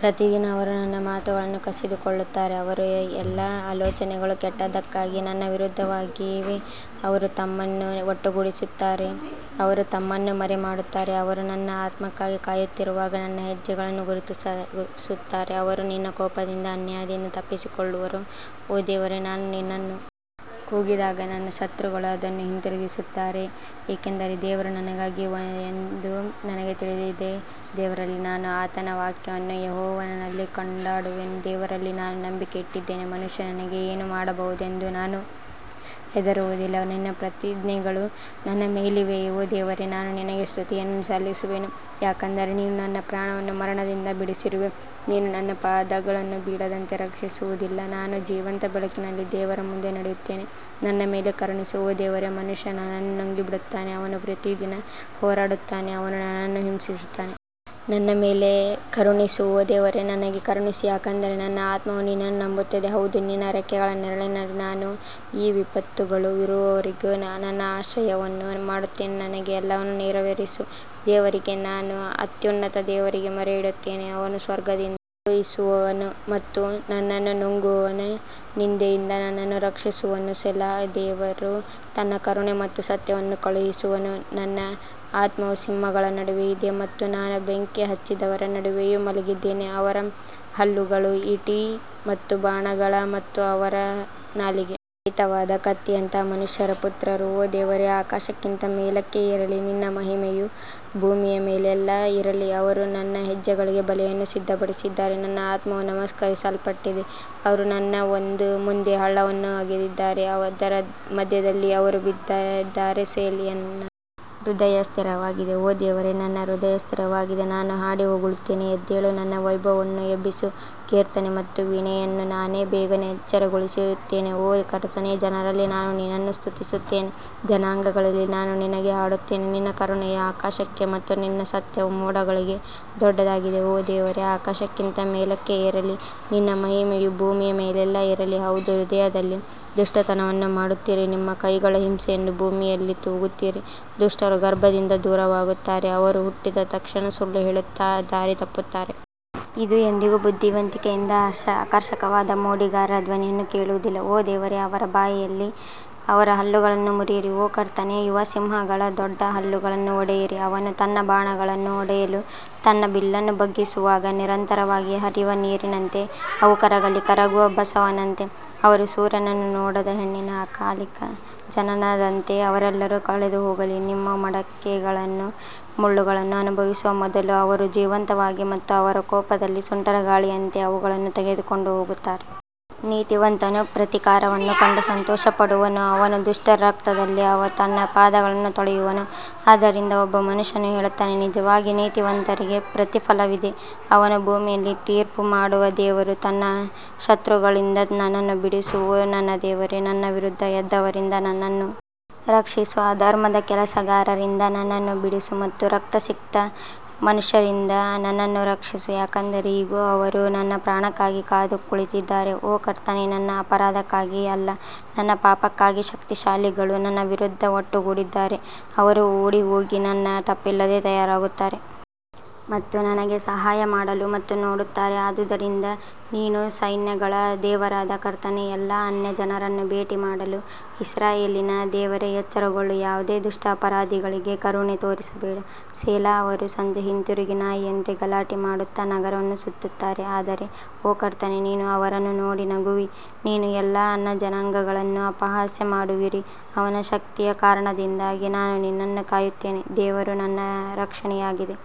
ಪ್ರತಿದಿನ ಅವರು ನನ್ನ ಮಾತುಗಳನ್ನು ಕಸಿದುಕೊಳ್ಳುತ್ತಾರೆ, ಅವರ ಎಲ್ಲಾ ಆಲೋಚನೆಗಳು ಕೆಟ್ಟದ್ದಕ್ಕಾಗಿ ನನ್ನ ವಿರುದ್ಧವಾಗಿವೆ ಅವರು ತಮ್ಮನ್ನು ಒಟ್ಟುಗೂಡಿಸುತ್ತಾರೆ ಅವರು ತಮ್ಮನ್ನು ಮರೆಮಾಡುತ್ತಾರೆ ಅವರು ನನ್ನ ಆತ್ಮಕ್ಕಾಗಿ ಕಾಯುತ್ತಿರುವಾಗ ನನ್ನ ಹೆಜ್ಜೆಗಳನ್ನು ಗುರುತಿಸುತ್ತಾರೆ ಅವರು ನಿನ್ನ ಕೋಪದಿಂದ ಅನ್ಯಾಯದಿಂದ ತಪ್ಪಿಸಿಕೊಳ್ಳುವರೋ ಓ ದೇವರೇ ನಾನು ನಿನ್ನನ್ನು ಕೂಗಿದಾಗ ನನ್ನ ಶತ್ರುಗಳು ಅದನ್ನು ಹಿಂತಿರುಗಿಸುತ್ತಾರೆ ಏಕೆಂದರೆ ದೇವರು ನನಗಾಗಿ ಎಂದು ನನಗೆ ತಿಳಿದಿದೆ ದೇವರಲ್ಲಿ ನಾನು ಆತನ ವಾಕ್ಯವನ್ನು ಯೆಹೋವನಲ್ಲಿ ಕೊಂಡಾಡುವೆನು ದೇವರಲ್ಲಿ ನಾನು ನಂಬಿಕೆ ಇಟ್ಟಿದ್ದೇನೆ, ಮನುಷ್ಯ ನನಗೆ ಏನು ಮಾಡಬಹುದೆಂದು ನಾನು ಹೆದರುವುದಿಲ್ಲ ನಿನ್ನ ಪ್ರತಿಜ್ಞೆಗಳು ನನ್ನ ಮೇಲಿವೆ ಓ ದೇವರೇ ನಾನು ನಿನಗೆ ಸ್ತುತಿಯನ್ನು ಸಲ್ಲಿಸುವೆನು ಯಾಕಂದರೆ ನೀನು ನನ್ನ ಪ್ರಾಣವನ್ನು ಮರಣದಿಂದ ಬಿಡಿಸಿರುವೆ ನೀನು ನನ್ನ ಪಾದಗಳನ್ನು ಬೀಳದಂತೆ ರಕ್ಷಿಸುವುದಿಲ್ಲ ನಾನು ಜೀವಂತ ಬೆಳಕಿನಲ್ಲಿ ದೇವರ ಮುಂದೆ ನಡೆಯುತ್ತೇನೆ ನನ್ನ ಮೇಲೆ ಕರುಣಿಸು ಓ ದೇವರೇ ಮನುಷ್ಯ ನನ್ನನ್ನು ನುಂಗಿಬಿಡುತ್ತಾನೆ, ಅವನು ಪ್ರತಿದಿನ ಹೋರಾಡುತ್ತಾನೆ, ಅವನು ನನ್ನನ್ನು ಹಿಂಸಿಸುತ್ತಾನೆ. ನನ್ನ ಮೇಲೆ ಕರುಣಿಸು ಓ ದೇವರೇ ನನಗೆ ಕರುಣಿಸು ಯಾಕಂದರೆ ನನ್ನ ಆತ್ಮವು ನಿನ್ನನ್ನು ನಂಬುತ್ತದೆ ಹೌದು ನಿನ್ನ ರೆಕ್ಕೆಗಳ ನೆರಳಿನಲ್ಲಿ ನಾನು ಈ ವಿಪತ್ತುಗಳು ಮೀರುವವರೆಗೆ ನನ್ನ ಆಶ್ರಯವನ್ನು ಮಾಡುತ್ತೇನೆ ನನಗೆ ಎಲ್ಲವನ್ನು ನೆರವೇರಿಸುವ ದೇವರಿಗೆ ನಾನು ಅತ್ಯುನ್ನತ ದೇವರಿಗೆ ಮೊರೆಯಿಡುತ್ತೇನೆ ಅವನು ಸ್ವರ್ಗದಿಂದ ಕಳುಹಿಸುವನು ಮತ್ತು ನನ್ನನ್ನು ನುಂಗುವವನ ನಿಂದೆಯಿಂದ ನನ್ನನ್ನು ರಕ್ಷಿಸುವನು ಸೆಲಾಹ್ ದೇವರು ತನ್ನ ಕರುಣೆ ಮತ್ತು ಸತ್ಯವನ್ನು ಕಳುಹಿಸುವನು ನನ್ನ ಆತ್ಮವು ಸಿಂಹಗಳ ನಡುವೆ ಇದೆ ಮತ್ತು ನಾನು ಬೆಂಕಿ ಹಚ್ಚಿದವರ ನಡುವೆಯೂ ಮಲಗಿದ್ದೇನೆ, ಅವರ ಹಲ್ಲುಗಳು ಈಟಿ ಮತ್ತು ಬಾಣಗಳು ಮತ್ತು ಅವರ ನಾಲಿಗೆ ಹರಿತವಾದ ಕತ್ತಿಯಂತಹ ಮನುಷ್ಯರ ಪುತ್ರರು ಓ ದೇವರೇ ಆಕಾಶಕ್ಕಿಂತ ಮೇಲಕ್ಕೆ ಏರಲಿ ನಿನ್ನ ಮಹಿಮೆಯು ಭೂಮಿಯ ಮೇಲೆಲ್ಲ ಇರಲಿ ಅವರು ನನ್ನ ಹೆಜ್ಜೆಗಳಿಗೆ ಬಲೆಯನ್ನು ಸಿದ್ಧಪಡಿಸಿದ್ದಾರೆ, ನನ್ನ ಆತ್ಮವು ನಮಸ್ಕರಿಸಲ್ಪಟ್ಟಿದೆ ಅವರು ನನ್ನ ಮುಂದೆ ಹಳ್ಳವನ್ನು ಅಗೆದಿದ್ದಾರೆ, ಅದರ ಮಧ್ಯದಲ್ಲಿ ಅವರು ಬಿದ್ದಿದ್ದಾರೆ ಸೆಲಾ ನನ್ನ ಹೃದಯ ಸ್ಥಿರವಾಗಿದೆ ಓ ದೇವರೇ ನನ್ನ ಹೃದಯ ಸ್ಥಿರವಾಗಿದೆ ನಾನು ಹಾಡಿ ಹೊಗಳುತ್ತೇನೆ ಎದ್ದೇಳು ನನ್ನ ವೈಭವವನ್ನು ಎಬ್ಬಿಸು ಕೀರ್ತನೆ ಮತ್ತು ವೀಣೆಯನ್ನು ನಾನೇ ಬೇಗನೆ ಎಚ್ಚರಗೊಳಿಸುತ್ತೇನೆ ಓ ಕರ್ತನೇ, ಜನರಲ್ಲಿ ನಾನು ನಿನ್ನನ್ನು ಸ್ತುತಿಸುತ್ತೇನೆ, ಜನಾಂಗಗಳಲ್ಲಿ ನಾನು ನಿನಗೆ ಹಾಡುತ್ತೇನೆ ನಿನ್ನ ಕರುಣೆಯು ಆಕಾಶಕ್ಕೆ ಮತ್ತು ನಿನ್ನ ಸತ್ಯವು ಮೋಡಗಳಿಗೆ ದೊಡ್ಡದಾಗಿದೆ ಓ ದೇವರೇ ಆಕಾಶಕ್ಕಿಂತ ಮೇಲಕ್ಕೆ ಏರಲಿ ನಿನ್ನ ಮಹಿಮೆಯು ಭೂಮಿಯ ಮೇಲೆಲ್ಲ ಇರಲಿ ಹೌದು ಹೃದಯದಲ್ಲಿ ದುಷ್ಟತನವನ್ನು ಮಾಡುತ್ತೀರಿ ನಿಮ್ಮ ಕೈಗಳ ಹಿಂಸೆಯನ್ನು ಭೂಮಿಯಲ್ಲಿ ತೂಗುತ್ತೀರಿ ದುಷ್ಟರು ಗರ್ಭದಿಂದ ದೂರವಾಗುತ್ತಾರೆ, ಅವರು ಹುಟ್ಟಿದ ತಕ್ಷಣ ಸುಳ್ಳು ಹೇಳುತ್ತಾ ದಾರಿ ತಪ್ಪುತ್ತಾರೆ. ಇದು ಎಂದಿಗೂ ಬುದ್ಧಿವಂತಿಕೆಯಿಂದ ಆಕರ್ಷಕವಾದ ಮೋಡಿಗಾರರ ಧ್ವನಿಯನ್ನು ಕೇಳುವುದಿಲ್ಲ ಓ ದೇವರೇ ಅವರ ಬಾಯಿಯಲ್ಲಿ ಅವರ ಹಲ್ಲುಗಳನ್ನು ಮುರಿಯಿರಿ ಓ ಕರ್ತನೇ ಯುವ ಸಿಂಹಗಳ ದೊಡ್ಡ ಹಲ್ಲುಗಳನ್ನು ಒಡೆಯಿರಿ ಅವನು ತನ್ನ ಬಾಣಗಳನ್ನು ಹೊಡೆಯಲು ತನ್ನ ಬಿಲ್ಲನ್ನು ಬಗ್ಗಿಸುವಾಗ ನಿರಂತರವಾಗಿ ಹರಿಯುವ ನೀರಿನಂತೆ ಅವು ಕರಗಲಿ ಕರಗುವ ಬಸವನಂತೆ, ಅವರು ಸೂರ್ಯನನ್ನು ನೋಡದ ಹೆಣ್ಣಿನ ಅಕಾಲಿಕ ಜನನದಂತೆ ಅವರೆಲ್ಲರೂ ಕಳೆದು ಹೋಗಲಿ ನಿಮ್ಮ ಮಡಕೆಗಳು ಮುಳ್ಳುಗಳನ್ನು ಅನುಭವಿಸುವ ಮೊದಲು ಅವರು ಜೀವಂತವಾಗಿ ಮತ್ತು ಅವರ ಕೋಪದಲ್ಲಿ ಸುಂಟರಗಾಳಿಯಂತೆ ಅವುಗಳನ್ನು ತೆಗೆದುಕೊಂಡು ಹೋಗುತ್ತಾರೆ. ನೀತಿವಂತನು ಪ್ರತೀಕಾರವನ್ನು ಕಂಡು ಸಂತೋಷಪಡುವನು, ಅವನು ದುಷ್ಟರ ರಕ್ತದಲ್ಲಿ ತನ್ನ ಪಾದಗಳನ್ನು ತೊಳೆಯುವನು ಆದ್ದರಿಂದ ಒಬ್ಬ ಮನುಷ್ಯನು ಹೇಳುತ್ತಾನೆ, ನಿಜವಾಗಿ ನೀತಿವಂತರಿಗೆ ಪ್ರತಿಫಲವಿದೆ, ಅವನು ಭೂಮಿಯಲ್ಲಿ ತೀರ್ಪು ಮಾಡುವ ದೇವರು ನನ್ನ ಶತ್ರುಗಳಿಂದ ನನ್ನನ್ನು ಬಿಡಿಸು ಓ ನನ್ನ ದೇವರೇ ನನ್ನ ವಿರುದ್ಧ ಎದ್ದವರಿಂದ ನನ್ನನ್ನು ರಕ್ಷಿಸು ಅಧರ್ಮದ ಕೆಲಸಗಾರರಿಂದ ನನ್ನನ್ನು ಬಿಡಿಸು ಮತ್ತು ರಕ್ತಸಿಕ್ತ ಮನುಷ್ಯರಿಂದ ನನ್ನನ್ನು ರಕ್ಷಿಸು ಯಾಕಂದರೆ ಇಗೋ ಅವರು ನನ್ನ ಪ್ರಾಣಕ್ಕಾಗಿ ಕಾದು ಕುಳಿತಿದ್ದಾರೆ ಓ ಕರ್ತನೇ ನನ್ನ ಅಪರಾಧಕ್ಕಾಗಿ ಅಲ್ಲ, ನನ್ನ ಪಾಪಕ್ಕಾಗಿ ಶಕ್ತಿಶಾಲಿಗಳು ನನ್ನ ವಿರುದ್ಧ ಒಟ್ಟುಗೂಡಿದ್ದಾರೆ ಅವರು ಓಡಿಹೋಗಿ ನನ್ನ ತಪ್ಪಿಲ್ಲದೆ ತಯಾರಾಗುತ್ತಾರೆ ಮತ್ತು ನನಗೆ ಸಹಾಯ ಮಾಡಲು ಮತ್ತು ನೋಡುತ್ತಾರೆ ಆದುದರಿಂದ ನೀನು ಸೈನ್ಯಗಳ ದೇವರಾದ ಕರ್ತನೇ, ಎಲ್ಲಾ ಅನ್ಯಜನರನ್ನು ಭೇಟಿಮಾಡಲು ಇಸ್ರಾಯೇಲಿನ ದೇವರೇ ಎಚ್ಚರಗೊಳ್ಳು, ಯಾವುದೇ ದುಷ್ಟ ಅಪರಾಧಿಗಳಿಗೆ ಕರುಣೆ ತೋರಿಸಬೇಡ ಸೆಲಾ ಅವರು ಸಂಜೆ ಹಿಂತಿರುಗಿ ನಾಯಿಯಂತೆ ಗಲಾಟೆ ಮಾಡುತ್ತಾ ನಗರವನ್ನು ಸುತ್ತುತ್ತಾರೆ ಆದರೆ ಓ ಕರ್ತನೇ, ನೀನು ಅವರನ್ನು ನೋಡಿ ನಗುವಿ, ನೀನು ಎಲ್ಲಾ ಅನ್ಯಜನಾಂಗಗಳನ್ನು ಅಪಹಾಸ್ಯ ಮಾಡುವಿರಿ ಅವನ ಶಕ್ತಿಯ ಕಾರಣದಿಂದಾಗಿ ನಾನು ನಿನ್ನನ್ನು ಕಾಯುತ್ತೇನೆ, ದೇವರು ನನ್ನ ರಕ್ಷಣೆಯಾಗಿದೆ.